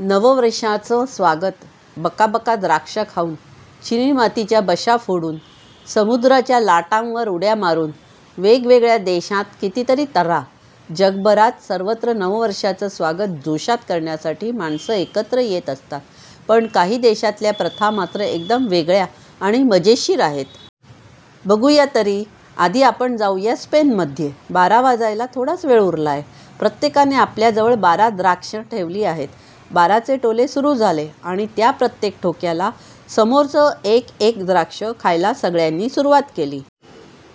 नववर्षाचं स्वागत बकाबका द्राक्ष खाऊन... चिनीमातीच्या बशा फोडून.. समुद्राच्या लाटांवर उड्या मारून... वेगवेगळ्या देशांत कितीतरी तऱ्हा! जगभरात सर्वत्र नववर्षाचं स्वागत जोशात करण्यासाठी माणसं एकत्र येत असतात. पण काही देशांतल्या प्रथा मात्र एकदम वेगळ्या आणि मजेशीर आहेत. बघूया तरी... आधी आपण जाऊया स्पेनमध्ये. बारा वाजायला थोडाच वेळ उरला आहे... प्रत्येकाने आपल्याजवळ बारा द्राक्षं ठेवली आहेत. बाराचे टोले सुरू झाले आणि त्या प्रत्येक ठोक्याला समोरचं एक एक द्राक्ष खायला सगळ्यांनी सुरुवात केली.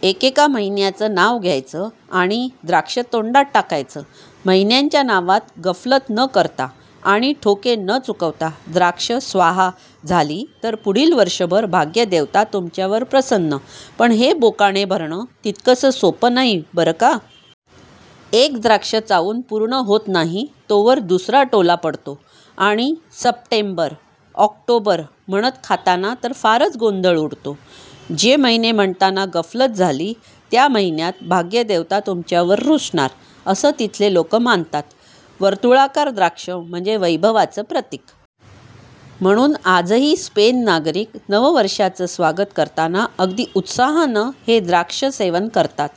एकेका महिन्याचं नाव घ्यायचं आणि द्राक्ष तोंडात टाकायचं. महिन्यांच्या नावात गफलत न करता आणि ठोके न चुकवता द्राक्ष स्वाहा झाली तर पुढील वर्षभर भाग्यदेवता तुमच्यावर प्रसन्न! पण हे बोकाणे भरणं तितकंसं सोपं नाही बरं का! एक द्राक्ष चावून पूर्ण होत नाही तोवर दुसरा टोला पडतो आणि सप्टेंबर-ऑक्टोबर म्हणत खाताना तर फारच गोंधळ उडतो. जे महिने म्हणताना गफलत झाली, त्या महिन्यात भाग्यदेवता तुमच्यावर रुसणार, असं तिथले लोक मानतात. वर्तुळाकार द्राक्ष म्हणजे वैभवाचं प्रतीक. म्हणून आजही स्पेन नागरिक नववर्षाचं स्वागत करताना अगदी उत्साहानं हे द्राक्षसेवन करतात.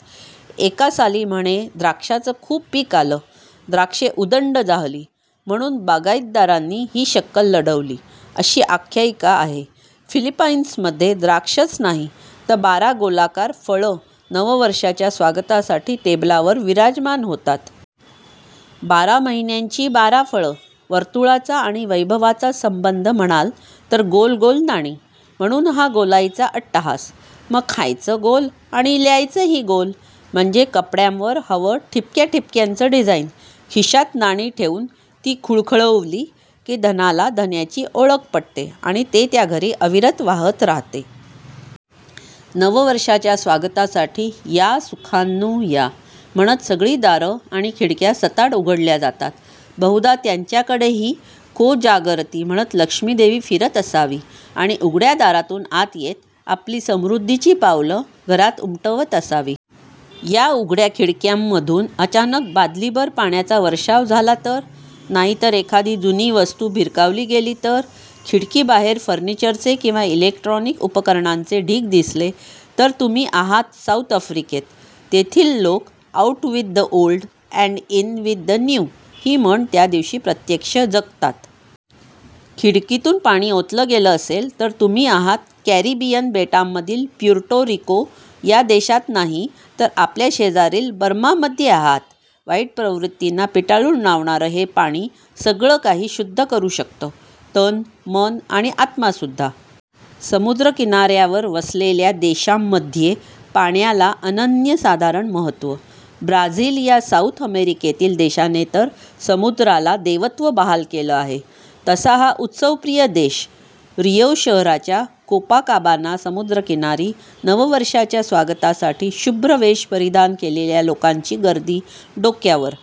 एका साली म्हणे द्राक्षाचं खूप पीक आलं. द्राक्षे उदंड जाहली! म्हणून बागाईतदारांनी ही शक्कल लढवली अशी आख्यायिका आहे. फिलिपाइन्समध्ये द्राक्षच नाही, तर बारा गोलाकार फळं नववर्षाच्या स्वागतासाठी टेबलावर विराजमान होतात. बारा महिन्यांची बारा फळं. वर्तुळाचा आणि वैभवाचा संबंध म्हणाल तर 'गोल गोल नाणी'! म्हणून हा गोलाईचा अट्टहास! मग खायचं गोल आणि ल्यायचंही गोल. म्हणजे कपड्यांवर हवं ठिपक्याठिपक्यांचं डिझाइन. खिशात नाणी ठेवून ती खुळखुळवली की, धनाला धन्याची ओळख पटते आणि ते त्या घरी अविरत वाहत राहते. नववर्षाच्या स्वागतासाठी 'या सुखांनो या! ' म्हणत सगळी दारं आणि खिडक्या सताड उघडल्या जातात. बहुधा त्यांच्याकडेही 'को जागरति? ' म्हणत लक्ष्मीदेवी फिरत असावी आणि उघड्या दारातून आत येत आपली समृद्धीची पावलं घरात उमटवत असावी. या उघड्या खिडक्यांमधून अचानक बादलीभर पाण्याचा वर्षाव झाला तर? नाहीतर एखादी जुनी वस्तू भिरकावली गेली तर? खिडकीबाहेर फर्निचरचे किंवा इलेक्ट्रॉनिक उपकरणांचे ढीग दिसले, तर तुम्ही आहात साऊथ आफ्रिकेत. तेथील लोक 'out with the old and in with the new' ही म्हण त्या दिवशी प्रत्यक्ष जगतात. खिडकीतून पाणी ओतलं गेलं असेल तर तुम्ही आहात कॅरिबियन बेटांमधील प्युर्टो रिको या देशात नाही, तर आपल्या शेजारील बर्मामध्ये आहात. वाईट प्रवृत्तींना पिटाळून लावणारं हे पाणी सगळंकाही शुद्ध करू शकतं- तन, मन आणि आत्मासुद्धा! समुद्रकिनाऱ्यावर वसलेल्या देशांमध्ये पाण्याला अनन्यसाधारण महत्त्व! ब्राझील या साऊथ अमेरिकेतील देशाने तर समुद्राला देवत्व बहाल केलं आहे. तसा हा उत्सवप्रिय देश! रिओ शहराच्या कोपाकाबाना समुद्रकिनारी नववर्षाच्या स्वागतासाठी शुभ्र वेष परिधान केलेल्या लोकांची गर्दी, डोक्यावर